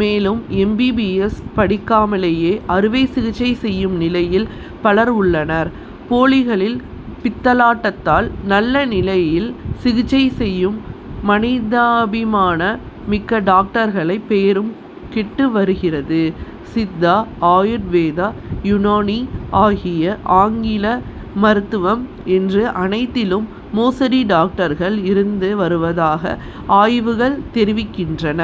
மேலும் M. B. B. S. படிக்காமலேயே அறுவை சிகிச்சை செய்யும் நிலையில் பலர் உள்ளனர். போலிகளின் பித்தலாட்டத்தால் நல்ல நிலையில் சிகிச்சை செய்யும் மனிதாபிமானம் மிக்க டாக்டர்களின் பெயரும் கெட்டு வருகிறது. சித்தா, ஆயுர்வேதா, யுனானி, ஆகிய ஆங்கில மருத்துவம் என்று அனைத்திலும் மோசடி டாக்டர்கள் இருந்து வருவதாக ஆய்வுகள் தெரிவிக்கின்றன.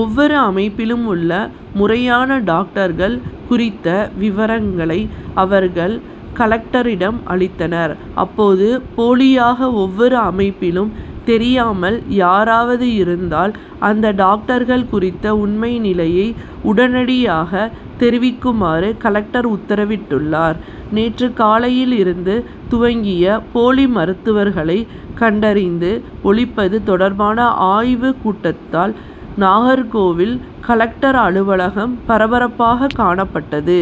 ஒவ்வொரு அமைப்பிலும் உள்ள முறையான டாக்டர்கள் குறித்த விவரங்களை அவர்கள் கலெக்டரிடம் அளித்தனர். அப்போது போலியாக ஒவ்வொரு அமைப்பிலும் தெரியாமல் யாராவது இருந்தால் அந்த டாக்டர்கள் குறித்த உண்மை நிலையை உடனடியாக தெரிவிக்குமாறும் கலெக்டர் உத்தரவிட்டுள்ளார். நேற்று காலையில் இருந்து துவங்கிய போலி மருத்துவர்களை கண்டறிந்து ஒழிப்பது தொடர்பான ஆய்வு கூட்டத்தால் நாகர்கோவில் கலெக்டர் அலுவலகம் பரபரப்பாக காணப்பட்டது.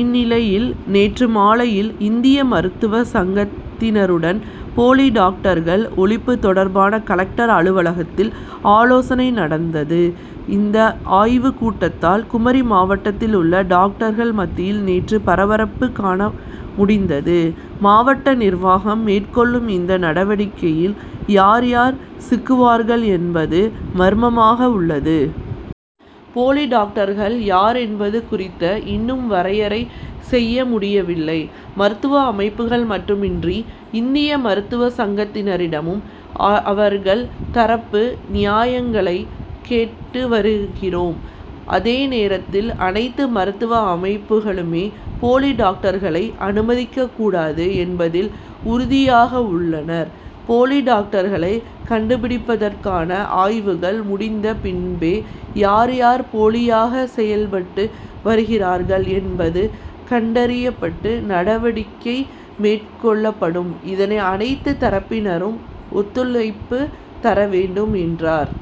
இந்நிலையில் நேற்று மாலையில் இந்திய மருத்துவ சங்கத்தினருடனும் போலி டாக்டர்கள் ஒழிப்பு தொடர்பாக கலெக்டர் அலுவலகத்தில் ஆலோசனை நடந்தது. இந்த ஆய்வு கூட்டத்தால் குமரி மாவட்டத்தில் உள்ள டாக்டர்கள் மத்தியில் நேற்று பரபரப்பு காணமுடிந்தது. மாவட்ட நிர்வாகம் மேற்கொள்ளும் இந்த நடவடிக்கையில் யார், யார் சிக்குவார்கள் என்பது மர்மமாக உள்ளது. போலி டாக்டர்கள் யார் என்பது குறித்து இன்னும் வரையறை செய்யமுடியவில்லை. மருத்துவ அமைப்புகள் மட்டுமின்றி இந்திய மருத்துவ சங்கத்தினரிடமும் அவர்கள் தரப்பு நியாயங்களை கேட்டு வருகிறோம். அதே நேரத்தில் அனைத்து மருத்துவ அமைப்புகளுமே போலி டாக்டர்களை அனுமதிக்கக்கூடாது என்பதில் உறுதியாக உள்ளனர். போலி டாக்டர்களை கண்டுபிடிப்பதற்கான ஆய்வுகள் முடிந்த பின்பே யார், யார் போலியாக செயல்பட்டு வருகிறார்கள் என்பது கண்டறியப்பட்டு நடவடிக்கை மேற்கொள்ளப்படும். இதனை அனைத்து தரப்பினரும் ஒத்துழைப்பு தரவேண்டும் என்றார்.